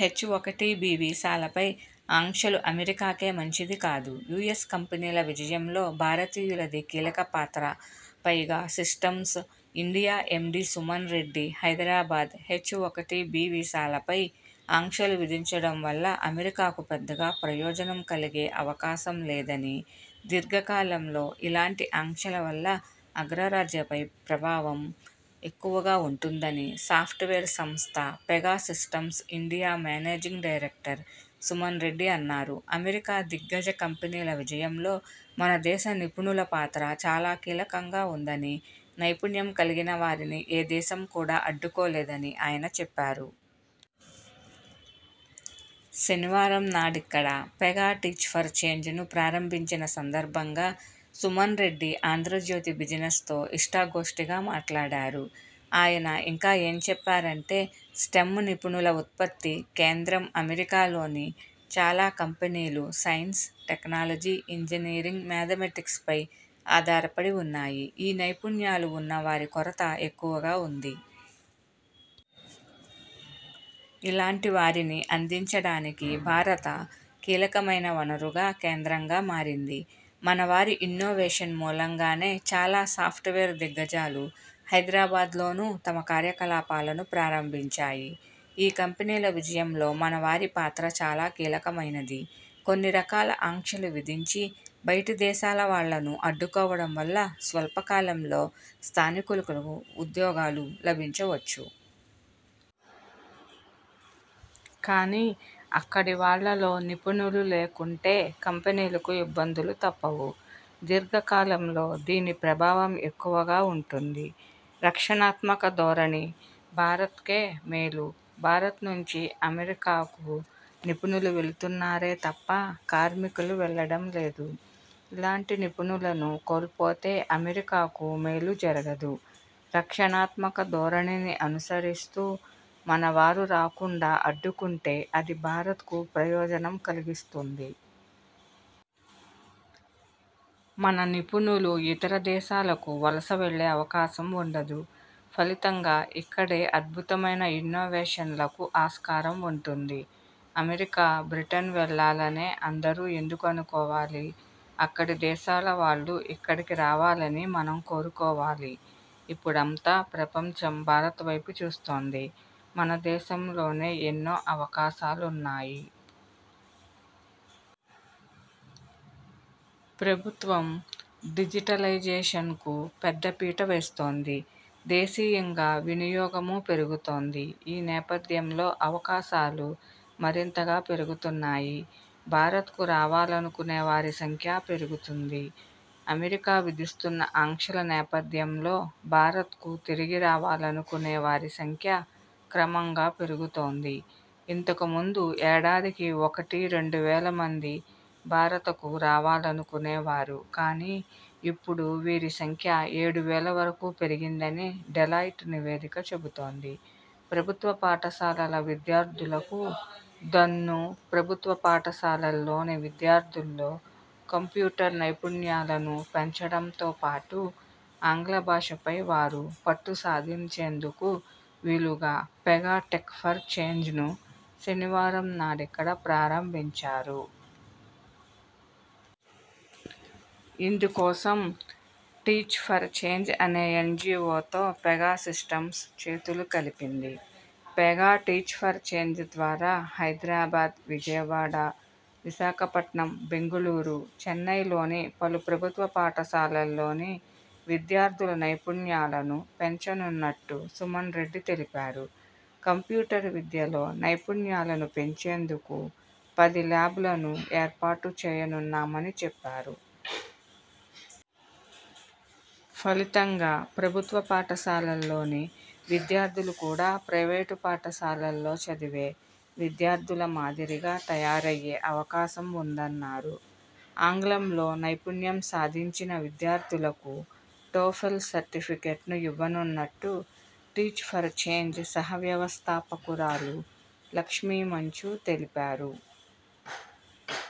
హెచ్ఒకటిబి వీసాలపై ఆంక్షలు అమెరికాకే మంచిది కాదు యుఎస్ కంపెనీల విజయంలో భారతీయులది కీలక పాత్ర పైగా systems India MD Suman Reddy Hyderabad హెచ్ఒకటిబి వీసాలపై ఆంక్షలు విధించడం వల్ల అమెరికాకు పెద్దగా ప్రయోజనం కలిగే అవకాశం లేదని, దీర్ఘకాలంలో ఇలాంటి ఆంక్షల వల్ల అగ్రరాజ్యంపై ప్రభావం ఎక్కువగా ఉంటుందని సాఫ్ట్వేర్ సంస్థ Pega Systems India managing director Suman Reddy అన్నారు అమెరికా దిగ్గజ కంపెనీల విజయంలో మన దేశ నిపుణుల పాత్ర చాలా కీలకంగా ఉందని, నైపుణ్యం కలిగిన వారిని ఏ దేశం కూడా అడ్డుకోలేదని ఆయన చెప్పారు. శనివారంనాడిక్కడ 'పెగా టీచ్ ఫర్ చేంజ్'ను ప్రారంభించిన సందర్భంగా సుమన్ రెడ్డి 'ఆంధ్రజ్యోతి బిజినెస్'తో ఇష్టాగోష్ఠిగా మాట్లాడారు. ఆయన ఇంకా ఏం చెప్పారంటే.. స్టెమ్ నిపుణుల ఉత్పత్తి కేంద్రంఅమెరికాలోని చాలా కంపెనీలు సైన్స్, టెక్నాలజీ, ఇంజనీరింగ్, మేథమెటిక్స్ పై ఆధారపడి ఉన్నాయి. ఈ నైపుణ్యాలు ఉన్న వారి కొరత ఎక్కువగా ఉంది. ఇలాంటి వారిని అందించడానికి భారత కీలకమైన వనరుగా, కేంద్రంగా మారింది. మన వారి ఇన్నోవేషన్ మూలంగానే చాలా సాఫ్ట్వేర్ దిగ్గజాలు హైదరాబాద్లోనూ తమ కార్యకలాపాలను ప్రారంభించాయి. ఈ కంపెనీల విజయంలో మన వారి పాత్ర చాలా కీలకమైనది. కొన్ని రకాల ఆంక్షలు విధించి బయటి దేశాల వాళ్లను అడ్డుకోవడం వల్ల స్వల్పకాలంలో స్థానికులకు ఉద్యోగాలు లభించవచ్చు. కానీ అక్కడి వాళ్లలో నిపుణులు లేకుంటే కంపెనీలకు ఇబ్బందులు తప్పవు. దీర్ఘకాలంలో దీని ప్రభావం ఎక్కువగా ఉంటుంది. రక్షణాత్మక ధోరణి భారత్కే మేలుభారత్ నుంచి అమెరికాకు నిపుణులు వెళుతున్నారే తప్ప కార్మికులు వెల్లడం లేదు. ఇలాంటి నిపుణులను కోల్పోతే అమెరికాకు మేలు జరగదు. రక్షణాత్మక ధోరణిని అనుసరిస్తూ మన వారు రాకుండా అడ్డుకుంటే అది భారత్కు ప్రయోజనం కలిగిస్తుంది. మన నిపుణులు ఇతర దేశాలకు వలస వెళ్లే అవకాశం ఉండదు. ఫలితంగా ఇక్కడే అద్భుతమైన ఇన్నోవేషన్లకు ఆస్కారం ఉంటుంది. అమెరికా, బ్రిటన్ వెళ్లాలనే అందరూ ఎందుకు అనుకోవాలి. అక్కడి దేశాల వాళ్లు ఇక్కడికి రావాలని మనం కోరుకోవాలి. ఇప్పుడంతా ప్రపంచం భారత వైపు చూస్తోంది. మన దేశంలోనే ఎన్నో అవకాశాలున్నాయి. ప్రభుత్వం డిజిటలైజేషన్కు పెద్దపీట వేస్తోంది. దేశీయంగా వినియోగమూ పెరుగుతోంది. ఈ నేపథ్యంలో అవకాశాలు మరింతగా పెరుగుతున్నాయి. భారత్కు రావాలనుకునే వారి సంఖ్య పెరుగుతోంది. అమెరికా విధిస్తున్న ఆంక్షల నేపథ్యంలో భారత్కు తిరిగి రావాలనుకునే వారి సంఖ్య క్రమంగా పెరుగుతోంది. ఇంతకు ముందు ఏడాదికి ఒకటి రెండు వేల మంది భారతకు రావాలనుకునే వారు కానీ ఇప్పుడు వీరి సంఖ్య ఏడు వేల వరకు పెరిగిందని డెలాయిట్ నివేదిక చెబుతోంది ప్రభుత్వ పాఠశాలల విద్యార్థులకు దన్నుప్రభుత్వ పాఠశాలల్లోని విద్యార్థుల్లో కంప్యూటర్ నైపుణ్యాలను పెంచడంతోపాటు ఆంగ్ల భాషపై వారు పట్టుసాధించేందుకు వీలుగా పెగా టెక్ ఫర్ చేంజ్ను శనివారంనాడిక్కడ ప్రారంభించారు. ఇందుకోసం టీచ్ ఫర్ చేంజ్ అనే ఎన్జిఒతో పెగా సిస్టమ్స్ చేతులు కలిపింది. Pega teach for Change Hyderabad హైదరాబాద్, విజయవాడ, విశాఖపట్నం, బెంగళూరు, చెన్నైలోని పలు ప్రభుత్వ పాఠశాలల్లోని విద్యార్థుల నైపుణ్యాలను పెంచనున్నట్టు సుమన్ రెడ్డి తెలిపారు. కంప్యూటర్ విద్యలో నైపుణ్యాలను పెంచేందుకు పది లాబ్లను ఏర్పాటు చేయనున్నామని చెప్పా రు. ఫలితంగా ప్రభుత్వ పాఠశాలల్లోని విద్యార్థులు కూడా ప్రైవేటు పాఠశాలల్లో చదివే విద్యార్థుల మాదిరిగా తయారయ్యే అవకాశం ఉందన్నారు. ఆంగ్లంలో నైపుణ్యం సాధించిన విద్యార్థులకు టోఫెల్ సర్టిఫికెట్ను ఇవ్వనున్నట్టు టీచ్ ఫర్ చేంజ్ సహ వ్యవస్థాపకురాలు లక్ష్మీ మంచు తెలిపారు.